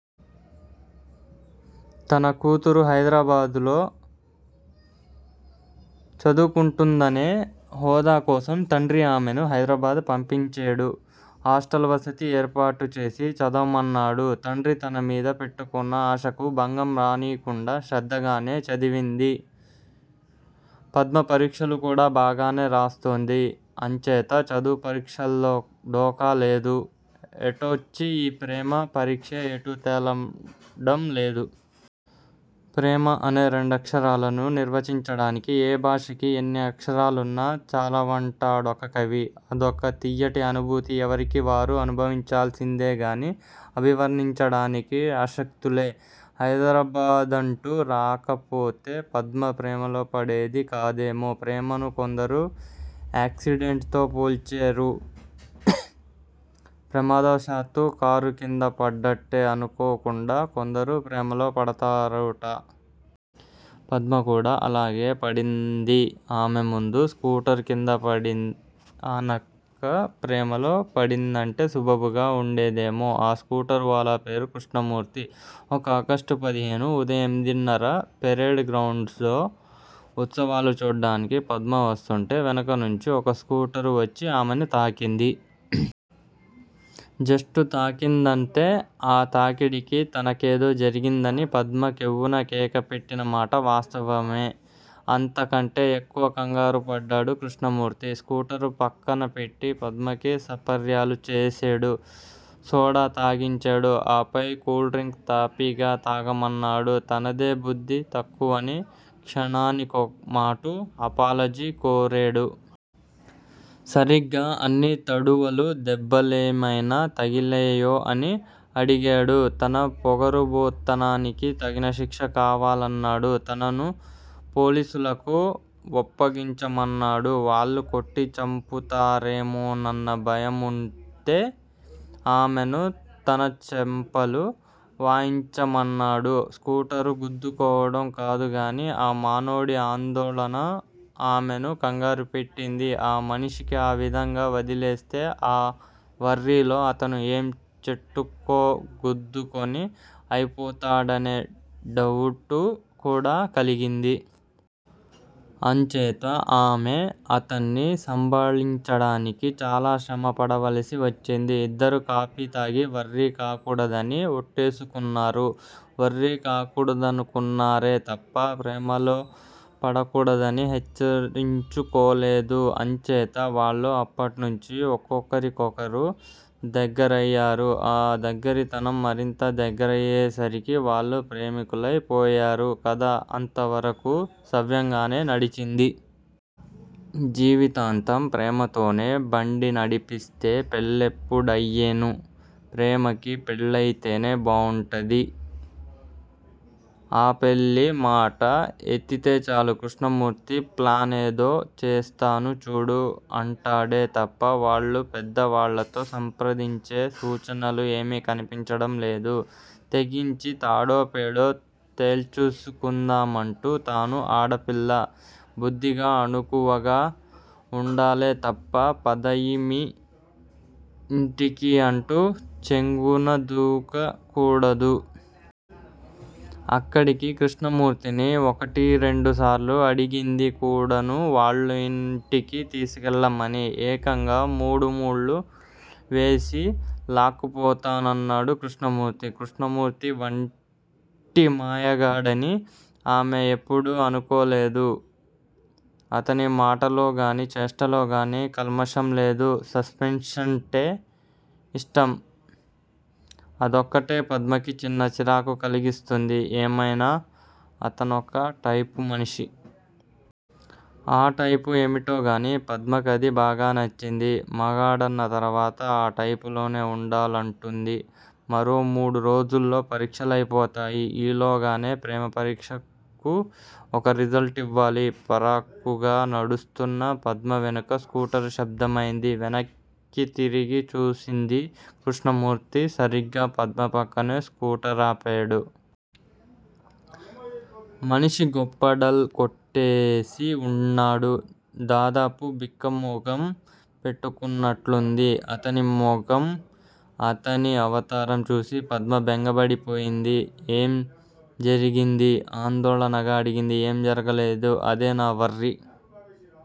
తన కూతురు హైదరాబాదులో చదువుకుంటుందనే హోదాకోసం తండ్రి ఆమెను హైదరాబాదు పంపించేడు. హాస్టల్ వసతి ఏర్పాటుచేసి చదవమన్నాడు. తండ్రి తనమీద పెట్టుకున్న ఆశకు భంగం రానీయకుండా శ్రద్ధగానే చదివింది. పద్మ పరీక్షలుకూడా బాగానే రాస్తోంది. అంచేత చదువు పరీక్షలో ఢోకా లేదు. ఎటొచ్చి ఈ ప్రేమ పరీక్షే ఎటూ తెలడం లేదు. ప్రేమ అనే రెండక్షరాలను నిర్వచించడానికి ఏ భాషకి ఎన్ని అక్షరాలున్నా చాలవంటాడొక కవి. అదొక తియ్యటి అనుభూతి ఎవరికి వారు అనుభవించాల్సిందేగాని అభివర్ణించడానికి అశక్తులే! హైదరాబాదంటూ రాకపోతే పద్మ ప్రేమలో పడేది కాదేమో. ప్రేమను కొందరు ఏక్సిడెంట్ తో పోల్చేరు. ప్రమాదవశాత్తూ కారుకింద పడ్డట్లే అనుకోకుండా కొందరు ప్రేమలో పడతారుట. పద్మ కూడా అలాగే పడింది. ఆమె ముందు స్కూటరుకిందపడి ఆనక ప్రేమలో పడిందంటే సు బుగా ఉంటుందేమో. ఆ స్కూటరువాలా పేరు కృష్ణమూర్తి. ఒక ఆగస్టు పదిహేను. ఉదయం ఎనిమిదిన్నర. పెరేడ్ గ్రౌండ్సులో ఉత్సవాలు చూడటానికి పద్మ వస్తుంటే వెనకనుంచి ఒక స్కూటరు వచ్చి ఆమెను తాకింది. జస్టు తాకిందంతే! ఆ తాకిడికి తనకేదో జరిగిందని పద్మ కెవ్వున కేక పెట్టినమాట వాస్తవమే. అంతకంటే ఎక్కువ ఖంగారుపడ్డాడు కృష్ణమూర్తి. స్కూటరు ప్రక్కనపెట్టి పద్మకి సపర్యలు చేసేడు. సోడా తాగించేడు. ఆపైన కూల్ డ్రింక్ తాపీగా తాగమన్నాడు. తనదే బుద్ధి తక్కువని క్షణానికోమాటు అపాలజీ కోరేడు. సరిగ్గా అన్ని తడవలూ దెబ్బలేమైనా తగిలేయా అని అడిగేడు. తన పొగరబోత్తనానికి తగిన శిక్ష కావాలన్నాడు. తనను పోలీసులకు వప్పగించమన్నాడు. వాళ్ళు కొట్టి చంపుతారేమోనన్న భయముంటే ఆమెను తన చెంపలు వాయించమన్నాడు. స్కూటరు గుద్దుకోవడం కాదుగానీ ఆ మానవుడి ఆందోళన ఆమెను ఖంగారు పెట్టింది. ఆ మనిషిని ఆ విధంగా వదిలేస్తే ఆ వర్రీలో అతను ఏ చెట్టుకో గుద్దుకొని అయిపోతాడనే డవుటు కూడా కలిగింది. అంచేత ఆమె అతన్ని సంబాళించడానికి చాలా శ్రమ పడవలసి వచ్చింది. ఇద్దరూ కాఫీతాగి వర్రీ కాకూడదని ఒట్టేసుకున్నారు. వర్రీ కాకూడదనుకున్నారే తప్ప ప్రేమలో పడకూడదని హెచ్చరించుకోలేదు. అంచేత వాళ్ళు అప్పట్నుంచీ ఒక్కొక్కరికీఒక్కరు దగ్గరయ్యేరు. ఆ దగ్గిరితనం మరింత దగ్గరయ్యేసరికి వాళ్ళు ప్రేమికులై పోయేరు. కథ అంతవరకూ సవ్యంగానే నడిచింది. జీవితాంతం ప్రేమతోనే బండినడిపిస్తే పెళ్లెప్పుడయ్యేను! ప్రేమకి పెళ్ళయితేనే బావుంటుంది. ఆ పెళ్ళిమాట ఎత్తితేచాలు కృష్ణమూర్తి ప్లానేదో చేస్తాను చూడు అంటాడే తప్ప వాళ్ళ పెద్దవాళ్ళతో సంప్రదించే సూచనలు ఏమీ కనిపించడం లేదు. తెగించి తాడోపేడో తెల్చేసుకుందామంటే తాను ఆడపిల్ల. బుద్ధిగా అణుకువగా వుండాలేతప్ప పద మీ యింటికి అంటూ చెంగునదూక కూడదు. అక్కడికి కృష్ణమూర్తిని ఒకటి రెండుసార్లు అడిగింది కూడాను వాళ్ళ యింటికి తీసుకెళ్ళమని. ఏకంగా మూడుముళ్ళు వేసి లాక్కుపోతానన్నాడు కృష్ణమూర్తి. కృష్ణమూర్తివట్టి మాయగాడని ఆమె ఎప్పుడూ అనుకోలేదు. అతని మాటలోగాని చేష్టలోగాని కల్మషంలేదు. సస్పెన్సంటే ఇష్టం. అదొక్కటే, పద్మకి చిన్న చిరాకు కలిగిస్తుంది. ఏమైనా అతనొక టైపుమనిషి. ఆ టైపు ఏమిటోగాని పద్మకది బాగా నచ్చింది. మగాడన్న తర్వాత ఆ టైపులోనే వుండాలంటుంది. మరో మూడురోజుల్లో పరీక్షలైపోతాయి. ఈ లోగానే ప్రేమ పరీక్షకు ఒక రిజల్ట్ ఇవ్వాలి. పరాకుగా నడుస్తున్న పద్మవెనక స్కూటరు శబ్దమైంది. వెనక్కి తిరిగి చూసింది. కృష్ణమూర్తి! సరిగ్గా పద్మ పక్కనే స్కూటరాపేడు. మనిషి గొప్ప డల్ కొట్టేసి వున్నాడు, దాదాపు బిక్క మొగం పెట్టుకున్నట్లుంది అతని మొగం. అతని అవతారం చూసి పద్మ బెంగపడిపోయింది ఏం జరిగింది? ఆందోళనగా అడిగింది. ఏం జరగలేదు. అదే నా వర్రీ!